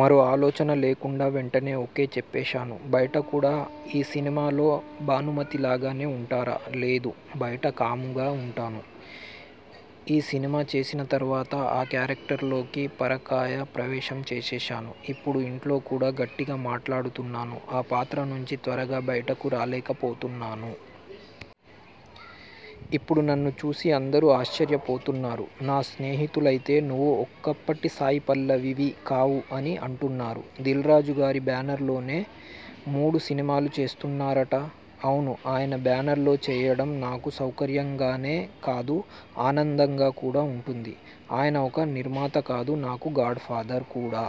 మరో ఆలోచన లేకుండా వెంటనే ఓకే చెప్పేశాను. బయట కూడా ఈ సినిమాలో భానుమతిలాగానే ఉంటారా? లేదు. బయట కామ్గా ఉంటాను. ఈ సినిమా చేసిన తరువాత ఆ క్యారెక్టర్లోకి పరకాయ ప్రవేశం చేసేశాను. ఇప్పుడు ఇంట్లో కూడా గట్టిగా మాట్లాడుతున్నాను. ఆ పాత్ర నుంచి త్వరగా బయటకు రాలేకపోతున్నాను. ఇప్పుడు నన్ను చూసి అందరూ ఆశ్చర్యపోతున్నారు. నా స్నేహితులైతే నువ్వు ఒకప్పటి సాయిపల్లవివి కావు అని అంటున్నారు. దిల్రాజుగారి బ్యానర్లోనే మూడు సినిమాలు చేస్తున్నారట? అవును. ఆయన బ్యానర్లో చేయడం నాకు సౌకర్యంగానే కాదు ఆనందంగా కూడా ఉంటుంది. ఆయన ఒక నిర్మాత కాదు, నాకు గాడ్ఫాదర్ కూడా!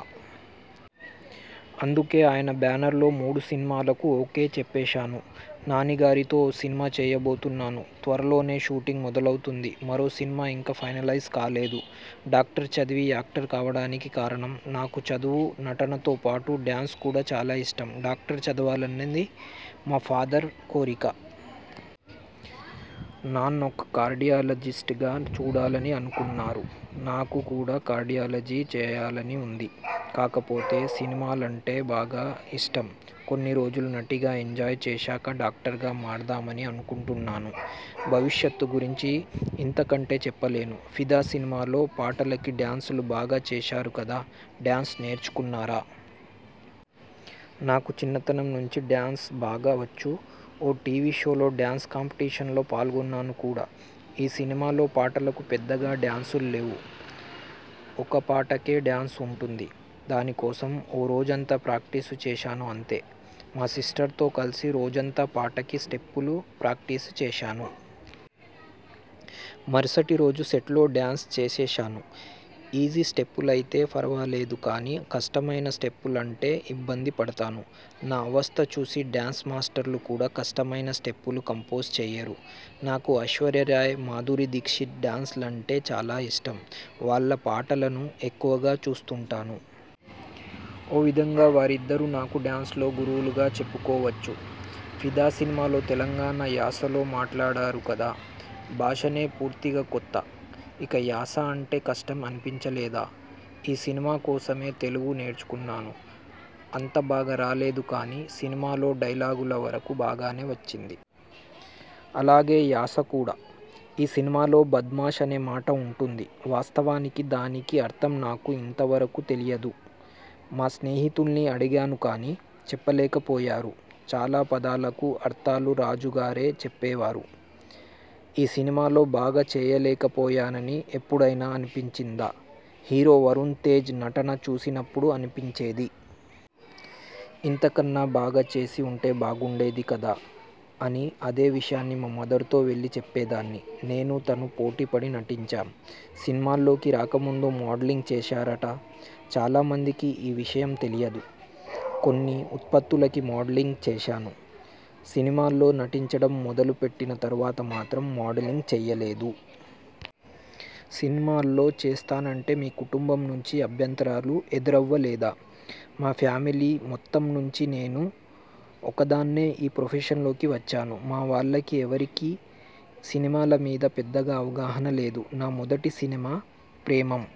అందుకే ఆయన బ్యానర్లో మూడు సినిమాలకు ఓకే చెప్పేశాను. నానిగారితో ఓ సినిమా చేయబోతున్నాను. త్వరలోనే షూటింగ్ మొదలవుతుంది. మరో సినిమా ఇంకా ఫైనలైజ్ కాలేదు. డాక్టర్ చదివి యాక్టర్ కావడానికి కారణం? నాకు చదువు, నటనతో పాటు, డ్యాన్స్ కూడా చాలా ఇష్టం. డాక్టర్ చదవాలన్నది మా ఫాదర్ కోరిక. నన్నొక కార్డియాలజిస్ట్గా చూడాలని అనుకున్నారు. నాకు కూడా కార్డియాలజీ చేయాలని ఉంది. కాకపోతే సినిమాలంటే బాగా ఇష్టం. కొన్ని రోజులు నటిగా ఎంజాయ్ చేశాక డాక్టర్గా మారదామని అనుకుంటున్నాను. భవిష్యత్తు గురించి ఇంతకంటే చెప్పలేను. 'ఫిదా' సినిమాలో పాటలకి డ్యాన్సులు బాగా చేశారు కదా డ్యాన్స్ నేర్చుకున్నారా? నాకు చిన్నతనం నుంచి డ్యాన్స్ బాగా వచ్చు. ఓ టీవీ షోలో డ్యాన్స్ కాంపీటీషన్లో పాల్గొన్నాను కూడా. ఈ సినిమాలో పాటలకు పెద్దగా డ్యాన్స్లు లేవు. ఒక్కపాటకే డ్యాన్స్ ఉంటుంది. దాని కోసం ఓ రోజంతా ప్రాక్టీసు చేశాను అంతే! మా సిస్టర్తో కలిసి రోజంతా పాటకి స్టెప్పులు ప్రాక్టీసు చేశాను. మరుసటిరోజు సెట్లో డ్యాన్స్ చేసేశాను. ఈజీ స్టెప్పులయితే ఫరవాలేదు కానీ, కష్టమైన స్టెప్పులంటే ఇబ్బంది పడతాను. నా అవస్థ చూసి డ్యాన్స్ మాస్టర్లు కూడా కష్టమైన స్టెప్పులు కంపోజ్ చేయరు. నాకు ఐశ్వర్యారాయ్, మాధురి దీక్షిత్ డ్యాన్స్లంటే చాలా ఇష్టం. వాళ్ళ పాటలను ఎక్కువగా చూస్తుంటాను. ఓ విధంగా వారిద్దరూ నాకు డ్యాన్స్లో గురువులుగా చెప్పుకోవచ్చు. 'ఫిదా' సినిమాలో తెలంగాణ యాసలో మాట్లాడారు కదా! భాషనే పూర్తిగా కొత్త ఇక యాస అంటే కష్టం అనిపించలేదా? ఈ సినిమా కోసమే తెలుగు నేర్చుకున్నాను. అంత బాగా రాలేదు కానీ, సినిమాలో డైలాగుల వరకూ బాగానే వచ్చింది. అలాగే యాస కూడా! ఈ సినిమాలో 'బద్మాష్' అనే మాట ఉంటుంది. వాస్తవానికి దానికి అర్థం నాకు ఇంత వరకూ తెలియదు. మా స్నేహితుల్ని అడిగాను కానీ, చెప్పలేకపోయారు. చాలా పదాలకు అర్థాలు రాజుగారే చెప్పేవారు. ఈ సినిమాలో బాగా చేయలేకపోయానని ఎప్పుడైనా అనిపించిందా? హీరో వరుణ్తేజ్ నటన చూసినప్పుడు అనిపించేది. ఇంతకన్నా బాగా చేసి ఉంటే బాగుండేది కదా! అని అదే విషయం మా మదర్తో వెళ్ళి చెప్పేదాన్ని. నేనూ తను పోటీ పడి నటించాం. సినిమాల్లోకి రాకముందు మోడలింగ్ చేశారట? చాలామందికి ఈ విషయం తెలియదు. కొన్ని ఉత్పత్తులకి మోడలింగ్ చేశాను. సినిమాల్లో నటించడం మొదలు పెట్టిన తరువాత మాత్రం మోడలింగ్ చేయలేదు. సినిమాల్లో చేస్తానంటే మీ కుటుంబం నుంచి అభ్యంతరాలు ఎదురవ్వలేదా? మా ఫ్యామిలీ మొత్తం నుంచి నేను ఒక్కదాన్నే ఈ ప్రొఫెషన్లోకి వచ్చాను. మా వాళ్ళకి ఎవరికీ సినిమాల మీద పెద్దగా అవగాహన లేదు. నా మొదటి సినిమా 'ప్రేమమ్'